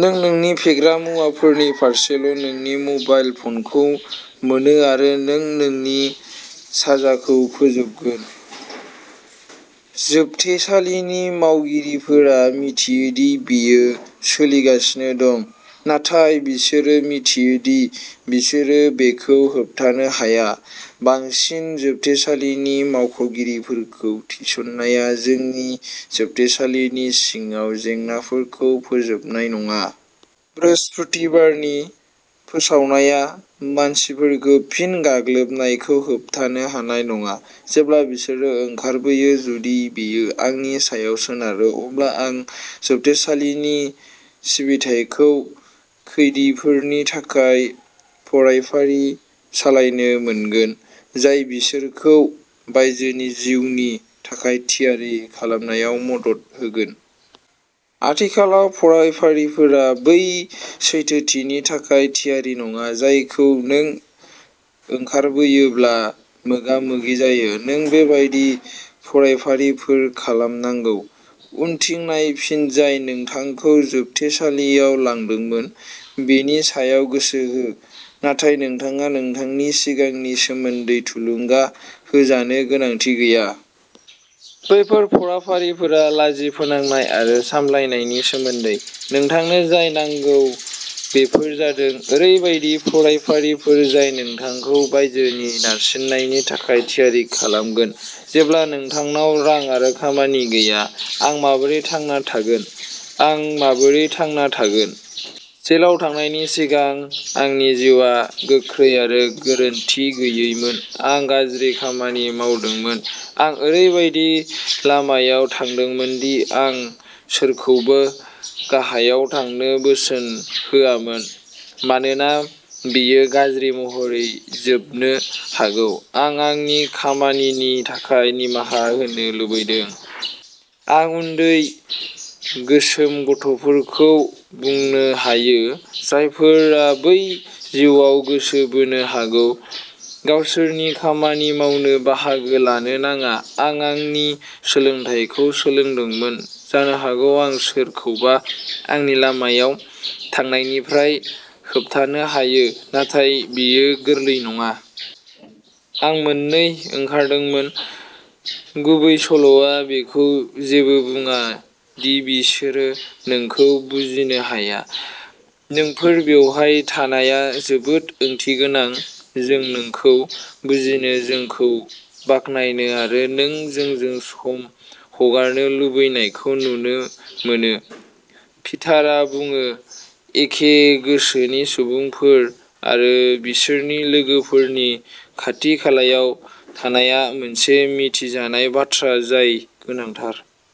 नों नोंनि फेग्रा मुवाफोरनि पारसेल, नोंनि म'बाइल फ'नखौ मोनो, आरो नों नोंनि साजाखौ फोजोबगोन। जोबथेसालिनि मावगिरिफोरा मिथियो दि बेयो सोलिगासिनो दं, नाथाय बिसोरो मिथियो दि बिसोरो बेखौ होबथानो हाया। बांसिन जोबथेसालिनि मावख'गिरिफोरखौ थिसननाया जोंनि जोबथेसालिनि सिङाव जेंनाफोरखौ फोजोबनाय नङा। बृहस्पतिबारनि फोसावनाया मानसिफोरखौ फिन गाग्लोबनायखौ होबथानो हानाय नङा, जेब्ला बिसोरो ओंखारबोयो। जुदि बेयो आंनि सायाव सोनारो, अब्ला आं जोबथेसालिनि सिबिथाइखौ खैदीफोरनि थाखाय फरायफारि सालायनो मोनगोन, जाय बिसोरखौ बायजोनि जिउनि थाखाय थियारि खालामनायाव मदद होगोन। आथिखालाव, फरायफारिफोरा बै सैथोथिनि थाखाय थियारि नङा, जायखौ नों ओंखारबोयोब्ला मोगा-मोगि जायो। नों बेबादि फरायफारिफोर खालामनांगौ। उनथिं नायफिन, जाय नोंथांखौ जोबथेसालियाव लांदोंमोन बेनि सायाव गोसो हो। नाथाय नोंथाङा नोंथांनि सिगांनि सोमोन्दै थुलुंगा होजानो गोनांथि गैया। बैफोर फरायफारिफोरा लाजि फोनांनाय आरो सामलायनायनि सोमोन्दै। नोंथांनो जाय नांगौ बेफोर जादों ओरैबायदि फरायफारिफोर जाय नोंथांखौ बायजोनि नारसिननायनि थाखाय थियारि खालामगोन, जेब्ला नोंथांनाव रां आरो खामानि गैया। आं माबोरै थांना थागोन? आं माबोरै थांना थागोन? जेलाव थांनायनि सिगां, आंनि जिउआ गोख्रै आरो गोरोनथि गैयैमोन। आं गाज्रि खामानि मावदोंमोन। आं ओरैबायदि लामायाव थांदोंमोन दि आं सोरखौबो गाहायाव थांनो बोसोन होआमोन मानोना बेयो गाज्रि महरै जोबनो हागौ। आं आंनि खामानिनि थाखाय निमाहा होनो लुबैदों। आं उन्दै गोसोम गथ'फोरखौ बुंनो हायो, जायफोरा बै जिउआव गोसो बोनो हागौ, गावसोरनि खामानि मावनो, बाहागो लानो नाङा। आं आंनि सोलोंथायखौ सोलोंदोंमोन। जानो हागौ आं सोरखौबा आंनि लामायाव थांनायनिफ्राय होबथानो हायो। नाथाय बेयो गोरलै नङा। आं मोननै ओंखारदोंमोन। गुबैसल'आ बेखौ जेबो बुङाया दि'बिसोरो नोंखौ बुजिनो हाया'। "नोंफोर बेवहाय थानाया जोबोद ओंथि गोनां। जों नोंखौ बुजिनो, जोंखौ बाख्नायनो आरो नों जोंजों सम हगारनो लुबैनायखौ नुनो मोनो", पिटारआ बुङो। एखे गोसोनि सुबुंफोर आरो बिसोरनि लोगोफोरनि खाथि-खालायाव थानाया मोनसे मिथिजानाय बाथ्रा जाय गोनांथार।